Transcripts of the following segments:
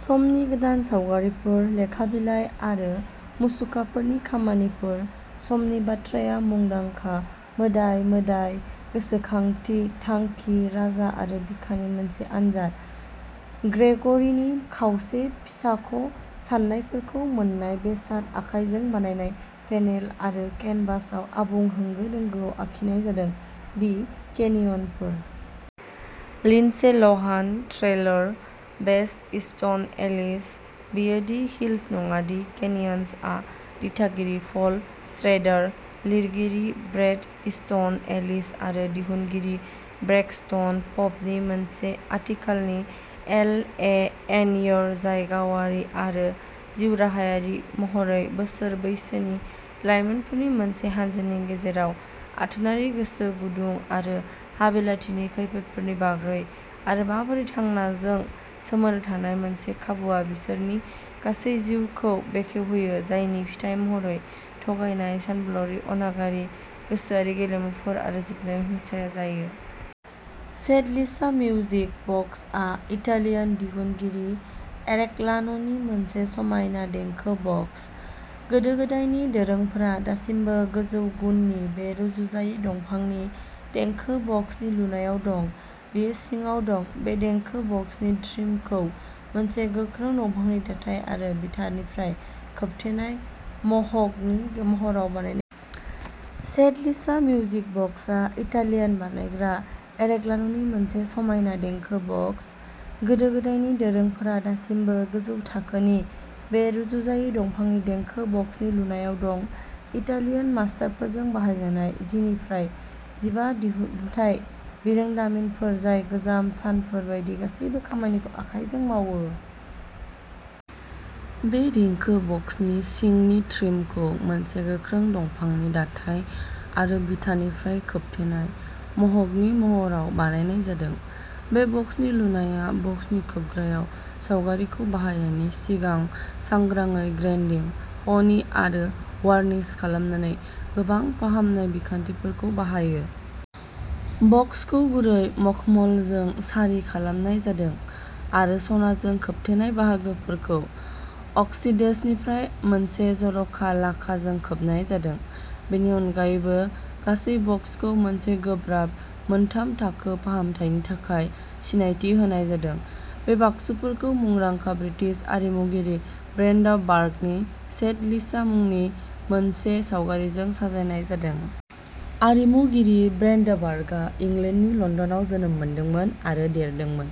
समनि-गोदान सावगारिफोर, लेखा बिलाइ आरो मुसुखाफोरनि खामानिफोर। समनि बाथ्राया मुंदांखा, मोदाय-मोदाय, गोसोखांथि, थांखि, राजा आरो बिखानि मोनसे आनजाद। ग्रेग'रीनि खावसे-फिसाख'साननायफोरखौ मोन्नाय बेसाद, आखाइजों बानायनाय पेनेल आरो केनभासआव आबुं होंगो-दोंगोआव आखिनाय जादों। दि केनियनफोर। लिन्डसे लहान। ट्रेलार। Brett Easton Ellis. बेयो दि हिल्स नङादि केनियन्सआ दिथागिरि पल श्रेडार, लिरगिरि ब्रेट इस्टन एलिस आरो दिहुनगिरि ब्रेक्सटन प'पनि मोनसे आथिखालनि एल. ए. न'इर, जाय गावारि आरो जिउराहायारि महरै, बोसोर बैसोनि लायमोनफोरनि मोनसे हान्जानि गेजेराव आथोनारि गोसो गुदुं आरो हाबिलाथिनि खैफोदफोरनि बागै आरो माबोरै थांनायजों सोमोन्दो थानाय मोनसे खाबुआ बिसोरनि गासै जिउखौ बेखेवहोयो, जायनि फिथाय महरै थगायनाय, सानबोलावरि, अनागारि गोसोआरि गेलेमुफोर आरो जोबनायाव हिंसाया जायो। सेड लिसा मिउजिक बक्सआ इटालियान दिहुनगिरि एरकलान'नि मोनसे समायना देंखो बक्स। गोदो गोदायनि दोरोंफोरा दासिमबो गोजौ गुननि बे रुजुजायै दंफांनि देंखो बक्सनि लुनायाव दं। बियो सिङाव दं। बे देंखो बक्सनि ट्रिमखौ मोनसे गोख्रों दंफांनि दाथाय आरो बिथानिफ्राय खोबथेनाय मह'गनि महराव बानायनाय जादों। सेड लिसा मिउजिक बक्सआ इटालियान बानायग्रा एरकलान'नि मोनसे समायना देंखो बक्स। गोदो-गोदायनि दोरोंफोरा दासिमबो गोजौ थाखोनि बे रुजुजायै दंफांनि देंखो बक्सनि लुनायाव दं। इटालियान मास्टारफोरजों बाहायजानाय जिनिफ्राय जिबा दिहुनथाय बिरोंदामिनफोर जाय गोजाम सानफोर बायदि गासैबो खामानिखौ आखाइजों मावो। बे देंखो बक्सनि सिंनि ट्रिमखौ मोनसे गोख्रों दंफांनि दाथाय आरो बिथानिफ्राय खोबथेनाय मह'गनि महराव बानायनाय जादों। बे बक्सनि लुनाया बक्सनि खोबग्रायाव सावगारिखौ बाहायनायनि सिगां सांग्राङै ग्राइन्डिं, ह'निं आरो वार्निश खालामनानै गोबां फाहामनाय बिखान्थिफोरखौ बाहायो। बक्सखौ गुरै मखमलजों सारि खालामनाय जादों आरो सनाजों खोबथेनाय बाहागोफोरखौ अक्सिडेशननिफ्राय मोनसे जर'खा लाखाजों खोबनाय जादों। बेनि अनगायैबो, गासै बक्सखौ मोनसे गोब्राब मोनथाम-थाखो फाहामथायनि थाखाय सिनायथि होनाय जादों। बे बाक्सुफोरखौ मुंदांखा ब्रिटिश आरिमुगिरि ब्रेन्डा बार्कनि "सेड लिसा" मुंनि मोनसे सावगारिजों साजायनाय जादों। आरिमुगिरि ब्रेन्डा बार्कआ इंलेन्डनि लन्दनआव जोनोम मोन्दोंमोन आरो देरदोंमोन,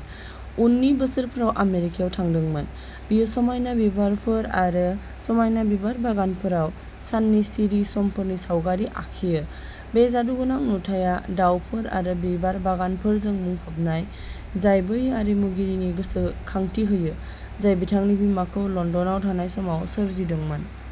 उननि बोसोरफोराव आमेरिकायाव थांदोंमोन। बियो समायना बिबारफोर आरो समायना बिबार बागानफोराव साननि सिरि समफोरनि सावगारि आखियो। बे जादुगोनां नुथाया दाउफोर आरो बिबार बागानफोरजों बुंफबनाय, जाय बै आरिमुगिरिनि गोसोखांथि होयो, जाय बिथांनि बिमाखौ लन्दनाव थानाय समाव सोरजिदोंमोन।